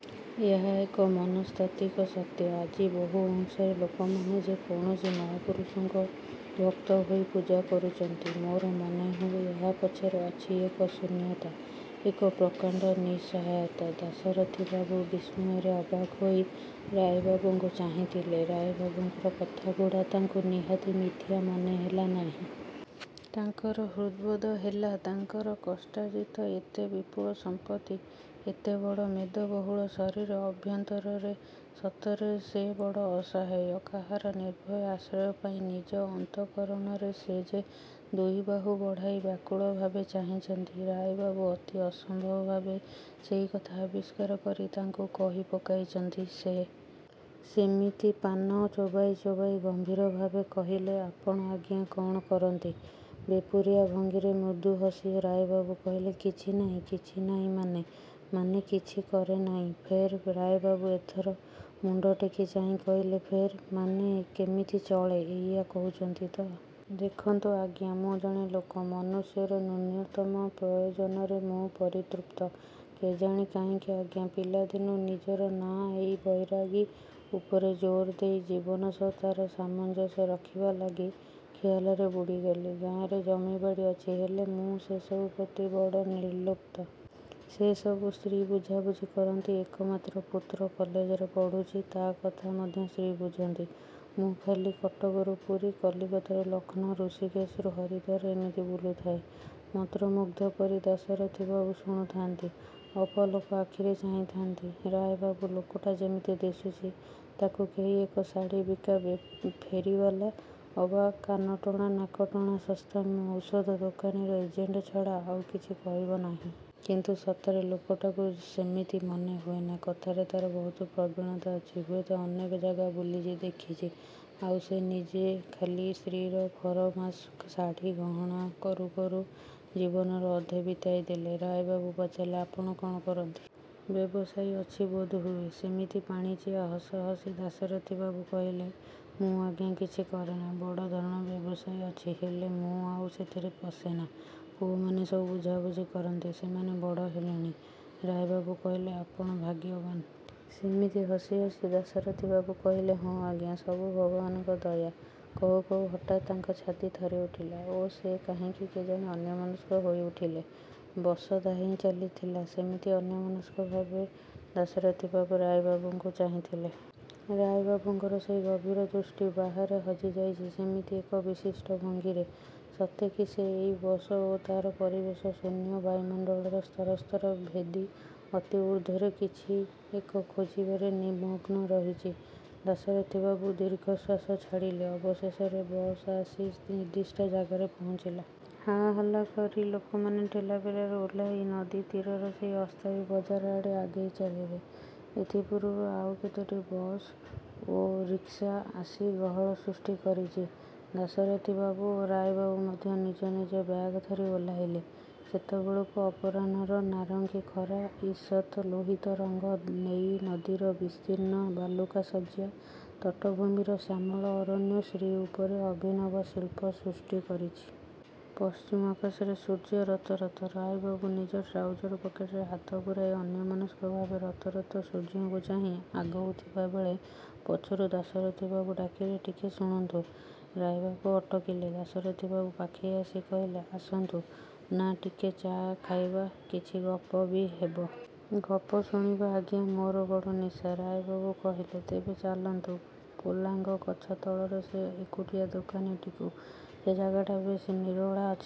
"ଏହା ଏକ ମନସ୍ତାତ୍ତ୍ୱିକ ସତ୍ୟ। ଆଜି ବହୁ ଅଂଶରେ ଲୋକମାନେ ଯେ କୌଣସି ମହାପୁରୁଷଙ୍କ ଭକ୍ତ ହୋଇ ପୂଜା କରୁଚନ୍ତି। ମୋର ମନେହୁଏ, ଏହା ପଛରେ ଅଛିଏକ ଶୂନ୍ୟତା, ଏକ ପ୍ରକାଣ୍ଡ ନିଃସହାୟତା।"ଦାଶରଥିବାବୁ ବିସ୍ମୟରେ ଅବାକ୍ ହୋଇ ରାୟବାବୁଙ୍କୁ ଚାହିଁଥିଲେ। ରାୟବାବୁଙ୍କର କଥା ଗୁଡ଼ା ତାଙ୍କୁ ନିହାତି ମିଥ୍ୟା ମନେହେଲା ନାହିଁ। ତାଙ୍କର ହୃଦ୍‌ବୋଧ ହେଲା, ତାଙ୍କର କଷ୍ଟାର୍ଜିତ ଏତେ ବିପୁଳ ସମ୍ପତ୍ତି, ଏତେବଡ଼ ମେଦବହୁଳ ଶରୀର ଅଭ୍ୟନ୍ତରରେ ସତରେ ସେ ବଡ଼ ଅସହାୟ। କାହାର ନିର୍ଭୟ ଆଶ୍ରୟ ପାଇଁ ନିଜ ଅନ୍ତଃକରଣରେ ସେ ଯେ ଦୁଇବାହୁ ବଢ଼ାଇ ବ୍ୟାକୁଳ ଭାବେ ଚାହିଁଚନ୍ତି, ରାୟବାବୁ ଅତି ଅସମ୍ଭବ ଭାବେ ସେହି କଥା ଆବିଷ୍କାର କରି ତାଙ୍କୁ କହି ପକାଇଚନ୍ତି। ସେ ସେମିତି ପାନ ଚୋବାଉ ଚୋବାଉ ଗମ୍ଭୀର ଭାବେ କହିଲେ, "ଆପଣ ଆଜ୍ଞା, କ'ଣ କରନ୍ତି?"ବେପରୁଆ ଭଙ୍ଗୀରେ ମୃଦୁ ହସି ରାୟବାବୁ କହିଲେ, "କିଛି ନାଇଁ।""କିଛି ନାଇଁ ମାନେ?""ମାନେ କିଛି କରେ ନାହିଁ।""ଫେର୍?"ରାୟବାବୁ ଏଥର ମୁଣ୍ଡଟେକି ଚାହିଁ କହିଲେ, "ଫେର୍? ମାନେ କେମିତି ଚଳେ, ଏଇଆ କହୁଚନ୍ତି ତ? ଦେଖନ୍ତୁ ଆଜ୍ଞା, ମୁଁ ଜଣେ ଲୋକ, ମନୁଷ୍ୟର ନ୍ୟୁନତମ ପ୍ରୟୋଜନରେ ମୁଁ ପରିତୃପ୍ତ। କେଜାଣି କାହିଁକି ଆଜ୍ଞା, ପିଲାଦିନୁ ନିଜର ନାଁ ଏଇ 'ବୈରାଗୀ' ଉପରେ ଜୋର୍ ଦେଇ ଜୀବନ ସହ ତା'ର ସାମଞ୍ଜସ୍ୟ ରଖିବା ଲାଗି, ଖିଆଲରେ, ବୁଡ଼ିଗଲି।" "ଗାଁରେ ଜମିବାଡ଼ି ଅଛି, ହେଲେ ମୁଁ ସେସବୁ ପ୍ରତି ବଡ଼ ନିର୍ଲିପ୍ତ। ସେ ସବୁ ସ୍ତ୍ରୀ ବୁଝାବୁଝି କରନ୍ତି। ଏକମାତ୍ର ପୁତ୍ର କଲେଜରେ ପଢ଼ୁଚି, ତା' କଥା ମଧ୍ୟ ସ୍ତ୍ରୀ ବୁଝନ୍ତି। ମୁଁ ଖାଲି କଟକରୁ ପୁରୀ, କଲିକତାରୁ ଲକ୍ଷ୍ନୌ, ଋଷିକେଶରୁ ହରିଦ୍ୱାର ଏମିତି ବୁଲିଥାଏ।"ମନ୍ତ୍ରମୁଗ୍ଧ ପରି ଦାଶରଥିବାବୁ ଶୁଣୁଥାଆନ୍ତି। ଅପଲକ ଆଖିରେ ଚାହିଁଥାନ୍ତି। ରାୟବାବୁ ଲୋକଟା ଯେମିତି ଦିଶୁଚି, ତାକୁ କେହି ଏକ ଶାଢ଼ୀ ବିକା ଫେରିବାଲା ଅବା କାନଟଣା, ନାକଟଣା ଶସ୍ତା ଔଷଧ କମ୍ପାନୀର ଏଜେଣ୍ଟ ଛଡ଼ା ଆଉ କିଛି କହିବ ନାହିଁ। କିନ୍ତୁ ସତରେ ଲୋକଟାକୁ ସେମିତି ମନେ ହୁଏନା। କଥାରେ ତାର ବହୁତ ପ୍ରବୀଣତା ଅଛି। ହୁଏତ ଅନେକ ଜାଗା ବୁଲିଚି, ଦେଖିଚି, ଆଉ ସେ ନିଜେ ଖାଲି ସ୍ତ୍ରୀର ଫରମାସ ଶାଢ଼ି ଗହଣା କରୁ କରୁ ଜୀବନର ଅଧେ ବିତାଇ ଦେଲେ। ରାୟବାବୁ ପଚାରିଲେ, "ଆପଣ କ'ଣ କରନ୍ତି? ବ୍ୟବସାୟ ଅଛି ବୋଧହୁଏ?" ସେମିତି ପାଣିଚିଆ ହସ ହସି ଦାଶରଥିବାବୁ କହିଲେ, "ମୁଁ ଆଜ୍ଞା କିଛି କରେନା। ବଡ଼ ଧରଣର ବ୍ୟବସାୟ ଅଛି, ହେଲେ ମୁଁ ଆଉ ସେଥିରେ ପଶେନା। ପୁଅମାନେ ସବୁ ବୁଝାବୁଝି କରନ୍ତି। ସେମାନେ ବଡ଼ ହେଲେଣି।" ରାୟବାବୁ କହିଲେ, "ଆପଣ ଭାଗ୍ୟବାନ୍।" ସେମିତି ହସି ହସି ଦାଶରଥିବାବୁ କହିଲେ, "ହଁ ଆଜ୍ଞା। ସବୁ ଭଗବାନଙ୍କ ଦୟା।" କହୁ କହୁ ହଠାତ୍ ତାଙ୍କ ଛାତି ଥରି ଉଠିଲା ଓ ସେ କାହିଁକି କେଜାଣି ଅନ୍ୟମନସ୍କ ହୋଇ ଉଠିଲେ। ବସ ଧାଇଁ ଚାଲିଥିଲା। ସେମିତି ଅନ୍ୟମନସ୍କ ଭାବେ ଦାଶରଥିବାବୁ ରାୟବାବୁଙ୍କୁ ଚାହିଁଥିଲେ। ରାୟବାବୁଙ୍କର ସେହି ଗଭୀର ଦୃଷ୍ଟି, ବାହାରେ ହଜିଯାଇଚି ସେମିତି ଏକ ବିଶିଷ୍ଟ ଭଙ୍ଗୀରେ; ସତେକି ସେ ଏହି ବସ ଓ ତାର ପରିବେଶ, ଶୂନ୍ୟ ବାୟୁମଣ୍ଡଳର ସ୍ତରସ୍ତର ଭେଦି ଅତି ଊର୍ଦ୍ଧ୍ଵରେ କିଛି ଏକ ଖୋଜିବାରେ ନିମଗ୍ନ ରହିଚି। ଦାଶରଥିବାବୁ ଦୀର୍ଘଶ୍ୱାସ ଛାଡ଼ିଲେ। ଅବଶେଷରେ ବସ ଆସି ନିର୍ଦ୍ଦିଷ୍ଟ ଜାଗାରେ ପହଞ୍ଚିଲା। ହାହଲ୍ଲା କରି ଲୋକମାନେ ଠେଲାପେଲାରେ ଓହ୍ଲାଇ ନଦୀ ତୀରର ସେହି ଅସ୍ଥାୟୀ ବଜାର ଆଡ଼େ ଆଗେଇ ଚାଲିଲେ। ଏଥିପୂର୍ବରୁ ଆଉ କେତୋଟି ବସ ଓ ରିକ୍ସା ଆସି ଗହଳ ସୃଷ୍ଟି କରିଚି। ଦାଶରଥିବାବୁ ଓ ରାୟବାବୁ ମଧ୍ୟ ନିଜ ନିଜ ବ୍ୟାଗ ଧରି ଓହ୍ଲାଇଲେ। ସେତେବେଳକୁ ଅପରାହ୍ନର ନାରଙ୍ଗୀ ଖରା, ଈଷତ୍ ଲୋହିତ ରଙ୍ଗ ନେଇ ନଦୀର ବିସ୍ତୀର୍ଣ୍ଣ ବାଲୁକା ଶଯ୍ୟା, ତଟଭୂମିର ଶ୍ୟାମଳ ଅରଣ୍ୟ ଶ୍ରୀଉପରେ ଅଭିନବ ଶିଳ୍ପ ସୃଷ୍ଟି କରିଛି। ପଶ୍ଚିମାକାଶରେ ସୂର୍ଯ୍ୟ ରତରତ। ରାୟବାବୁ ନିଜ ଟ୍ରାଉଜର ପକେଟରେ ହାତପୁରାଇ, ଅନ୍ୟମନସ୍କ ଭାବେ ରତରତ ସୂର୍ଯ୍ୟଙ୍କୁ ଚାହିଁ ଆଗୋଉଥିବା ବେଳେ, ପଛରୁ ଦାଶରଥିବାବୁ ଡାକିଲେ, "ଟିକେ ଶୁଣନ୍ତୁ।" ରାୟବାବୁ ଅଟକିଲେ। ଦାଶରଥିବାବୁ ପାଖେଇ ଆସି କହିଲେ, "ଆସନ୍ତୁ ନା, ଟିକେ ଚା' ଖାଇବା। କିଛି ଗପ ବି ହେବ। ଗପ ଶୁଣିବା ଆଜ୍ଞା ମୋର ବଡ଼ ନିଶା।"ରାୟବାବୁ କହିଲେ, "ତେବେ ଚାଲନ୍ତୁ, ପୋଲାଙ୍ଗ ଗଛ ତଳର ସେ ଏକୁଟିଆ ଦୋକାନଟିକୁ। ସେ ଜାଗାଟା ବେଶ୍ ନିରୋଳା ଅଛି।"